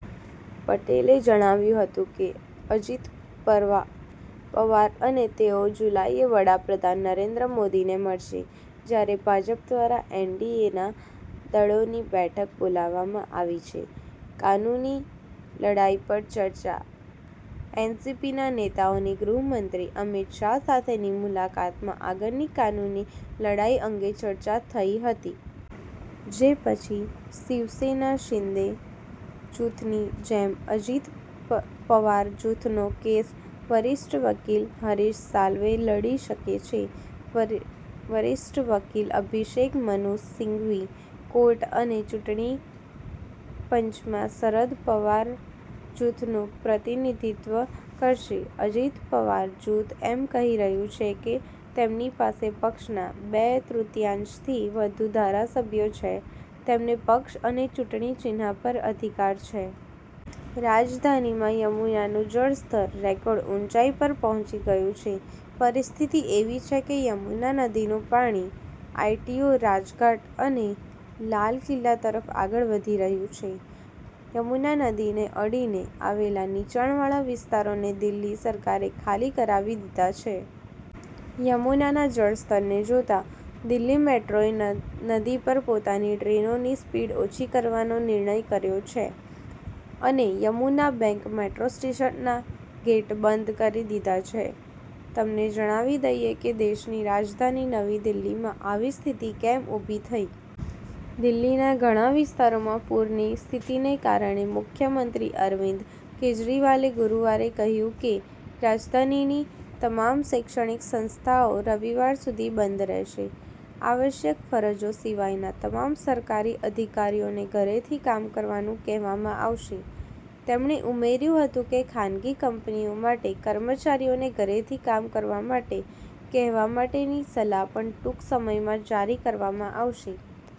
પટેલે જણાવ્યું હતું કે અજિત પવાર અને તેઓ જુલાઈએ વડા પ્રધાન નરેન્દ્ર મોદીને મળશે જ્યારે ભાજપ દ્વારા એનડીએના દળોની બેઠક બોલાવવામાં આવી છે. કાનૂની લડાઈ પર ચર્ચા એનસીપીના નેતાઓની ગૃહમંત્રી અમિત શાહ સાથેની મુલાકાતમાં આગળની કાનૂની લડાઈ અંગે ચર્ચા થઈ હતી. જે પછી શિવસેના શિંદે જૂથની જેમ અજિત પવાર જૂથનો કેસ વરિષ્ઠ વકીલ હરીશ સાલ્વે લડી શકે છે. વરિષ્ઠ વકીલ અભિષેક મનુ સિંઘવી કોર્ટ અને ચૂંટણી પંચમાં શરદ પવાર જૂથનું પ્રતિનિધિત્વ કરશે. અજિત પવાર જૂથ એમ કહી રહ્યું છે કે તેમની પાસે પક્ષના બે તૃતીયાંશથી વધુ ધારાસભ્યો છે, તેમને પક્ષ અને ચૂંટણી ચિહ્ન પર અધિકાર છે. રાજધાનીમાં યમુનાનું જળ સ્તર રેકોર્ડ ઉંચાઇ પર પહોંચી ગયું છે. પરિસ્થિતિ એવી છે કે યમુના નદીનું પાણી આઈટીઓ, રાજઘાટ અને લાલ કિલ્લા તરફ આગળ વધી રહ્યું છે. યમુના નદીને અડીને આવેલા નીચાણવાળા વિસ્તારોને દિલ્હી સરકારે ખાલી કરાવી દીધા છે. યમુનાના જળસ્તરને જોતા દિલ્હી મેટ્રોએ નદી પર પોતાની ટ્રેનોની સ્પીડ ઓછી કરવાનો નિર્ણય કર્યો છે અને યમુના બેંક મેટ્રો સ્ટેશનના ગેટ બંધ કરી દીધા છે. તમને જણાવી દઈએ કે દેશની રાજધાની નવી દિલ્હીમાં આવી સ્થિતિ કેમ ઉભી થઈ. દિલ્હીના ઘણા વિસ્તારોમાં પૂરની સ્થિતિને કારણે મુખ્યમંત્રી અરવિંદ કેજરીવાલે ગુરુવારે કહ્યું કે રાજધાનીની તમામ શૈક્ષણિક સંસ્થાઓ રવિવાર સુધી બંધ રહેશે. આવશ્યક ફરજો સિવાયના તમામ સરકારી અધિકારીઓને ઘરેથી કામ કરવાનું કહેવામાં આવશે. તેમણે ઉમેર્યું હતું કે ખાનગી કંપનીઓ માટે કર્મચારીઓને ઘરેથી કામ કરવા માટે કહેવા માટેની સલાહ પણ ટૂંક સમયમાં જારી કરવામાં આવશે.